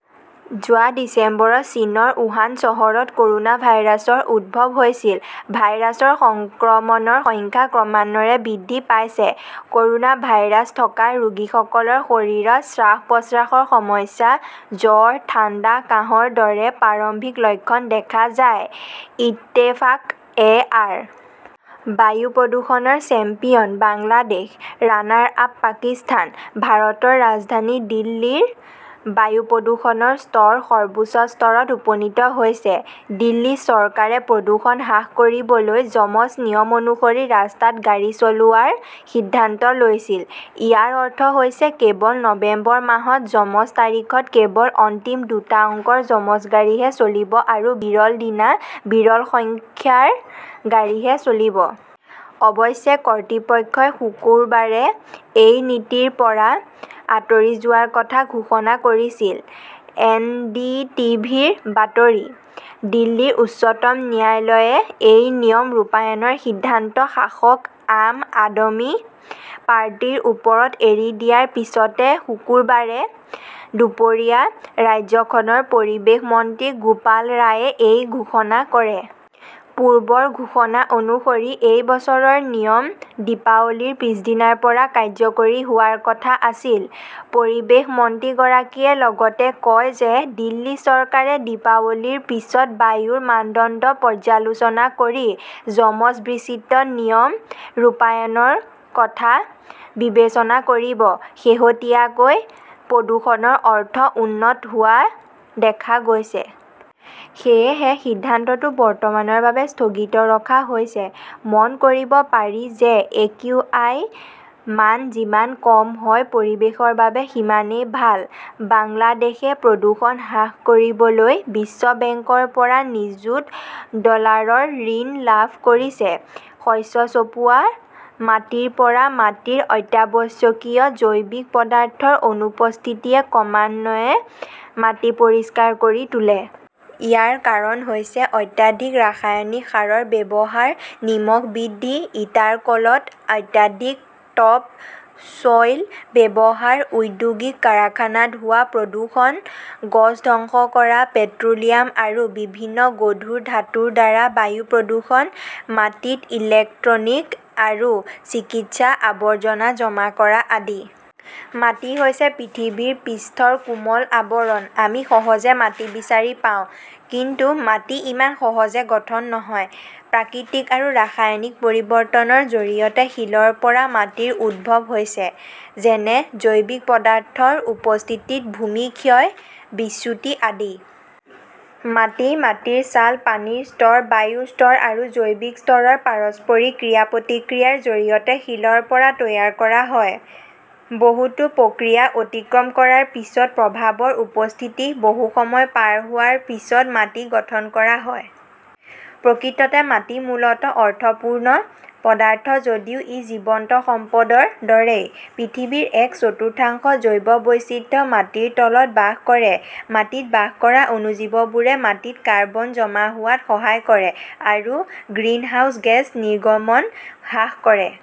যোৱা ডিচেম্বৰত চীনৰ উহান চহৰত কৰ'না ভাইৰাছৰ উদ্ভৱ হৈছিল। ভাইৰাছৰ সংক্ৰমণৰ সংখ্যা ক্ৰমান্বয়ে বৃদ্ধি পাইছে। ক'ৰোনা ভাইৰাছ থকা ৰোগীসকলৰ শৰীৰত শ্বাস-প্ৰশ্বাসৰ সমস্যা, জ্বৰ, ঠাণ্ডা, কাহৰ দৰে প্ৰাৰম্ভিক লক্ষণ দেখা যায়। ইত্তেফাক এ. আৰ. বায়ু প্ৰদূষণৰ চেম্পিয়ন বাংলাদেশ, ৰানাৰ-আপ পাকিস্তান ভাৰতৰ ৰাজধানী দিল্লীৰ বায়ু প্ৰদূষণৰ স্তৰ সৰ্বোচ্চ স্তৰত উপনীত হৈছে। দিল্লী চৰকাৰে প্ৰদূষণ হ্ৰাস কৰিবলৈ যমজ নিয়ম অনুসৰি ৰাস্তাত গাড়ী চলোৱাৰ সিদ্ধান্ত লৈছিল। ইয়াৰ অৰ্থ হৈছে কেৱল নৱেম্বৰ মাহত যমজ তাৰিখত কেৱল অন্তিম দুটা অংকৰ যমজ গাড়ীহে চলিব আৰু বিৰল দিনা বিৰল সংখ্যাৰ গাড়ীহে চলিব। অৱশ্যে কৰ্তৃপক্ষই শুকুৰবাৰে এই নীতিৰ পৰা আঁতৰি যোৱাৰ কথা ঘোষণা কৰিছিল। এনডিটিভিৰ বাতৰি। দিল্লীৰ উচ্চতম ন্যায়ালয়ে এই নিয়ম ৰূপায়ণৰ সিদ্ধান্ত শাসক আম আদমি পাৰ্টিৰ ওপৰত এৰি দিয়াৰ পিছতে শুকুৰবাৰে দুপৰীয়া ৰাজ্যখনৰ পৰিৱেশ মন্ত্ৰী গোপাল ৰায়ে এই ঘোষণা কৰে। পূৰ্বৰ ঘোষণা অনুসৰি, এই বছৰৰ নিয়ম দীপাৱলীৰ পিছদিনাৰ পৰা কাৰ্যকৰী হোৱাৰ কথা আছিল। পৰিৱেশ মন্ত্ৰীগৰাকীয়ে লগতে কয় যে, দিল্লী চৰকাৰে দীপাৱলীৰ পিছত বায়ুৰ মানদণ্ড পৰ্যালোচনা কৰি যমজ বিচিত্ৰ নিয়ম ৰূপায়ণৰ কথা বিবেচনা কৰিব। শেহতীয়াকৈ প্ৰদূষণৰ অৰ্থ উন্নত হোৱা দেখা গৈছে। সেয়েহে সিদ্ধান্তটো বৰ্তমানৰ বাবে স্থগিত ৰখা হৈছে। মন কৰিব পাৰি যে, একিউআই মান যিমান কম হয় পৰিৱেশৰ বাবে সিমানেই ভাল। বাংলাদেশে প্ৰদূষণ হ্ৰাস কৰিবলৈ বিশ্ব বেংকৰ পৰা নিযুত ডলাৰৰ ঋণ লাভ কৰিছে। শস্য চপোৱা মাটিৰ পৰা মাটিৰ অত্যাৱশ্যকীয় জৈৱিক পদাৰ্থৰ অনুপস্থিতিয়ে ক্ৰমান্বয়ে মাটি পৰিষ্কাৰ কৰি তোলে। ইয়াৰ কাৰণ হৈছে, অত্যাধিক ৰাসায়নিক সাৰৰ ব্যৱহাৰ, নিমখ বৃদ্ধি, ইটাৰ কলত অত্যাধিক টপ চ 'ইল ব্যৱহাৰ, ঔদ্যোগিক কাৰখানাত হোৱা প্ৰদূষণ, গছ ধ্বংস কৰা, পেট্ৰ' লিয়াম আৰু বিভিন্ন গধুৰ ধাতুৰ দ্বাৰা বায়ু প্ৰদূষণ, মাটিত ইলেক্ট্ৰনিক আৰু চিকিৎসা আৱৰ্জনা জমা কৰা আদি। মাটি হৈছে পৃথিৱীৰ পৃষ্ঠৰ কোমল আৱৰণ। আমি সহজে মাটি বিচাৰি পাওঁ, কিন্তু মাটি ইমান সহজে গঠন নহয়। প্ৰাকৃতিক আৰু ৰাসায়নিক পৰিৱৰ্তনৰ জৰিয়তে শিলৰ পৰা মাটিৰ উদ্ভৱ হৈছে, যেনে জৈৱিক পদাৰ্থৰ উপস্থিতিত ভূমি ক্ষয়, বিচ্যুতি আদি। মাটি মাটিৰ ছাল, পানীৰ স্তৰ, বায়ুৰ স্তৰ আৰু জৈৱ স্তৰৰ পাৰস্পৰিক ক্ৰিয়া-প্ৰতিক্ৰিয়াৰ জৰিয়তে শিলৰ পৰা তৈয়াৰ কৰা হয়। বহুতো প্ৰক্ৰিয়া অতিক্ৰম কৰাৰ পিছত, প্ৰভাৱৰ উপস্থিতি, বহু সময় পাৰ হোৱাৰ পিছত মাটি গঠন কৰা হয়। প্ৰকৃততে মাটি মূলত অৰ্থপূৰ্ণ পদাৰ্থ যদিও ই জীৱন্ত সম্পদৰ দৰেই। পৃথিৱীৰ এক চতুৰ্থাংশ জৈৱ বৈচিত্ৰ্য মাটিৰ তলত বাস কৰে। মাটিত বাস কৰা অণুজীৱবোৰে মাটিত কাৰ্বন জমা হোৱাত সহায় কৰে আৰু গ্ৰিনহাউজ গেছ নিৰ্গমন হ্ৰাস কৰে।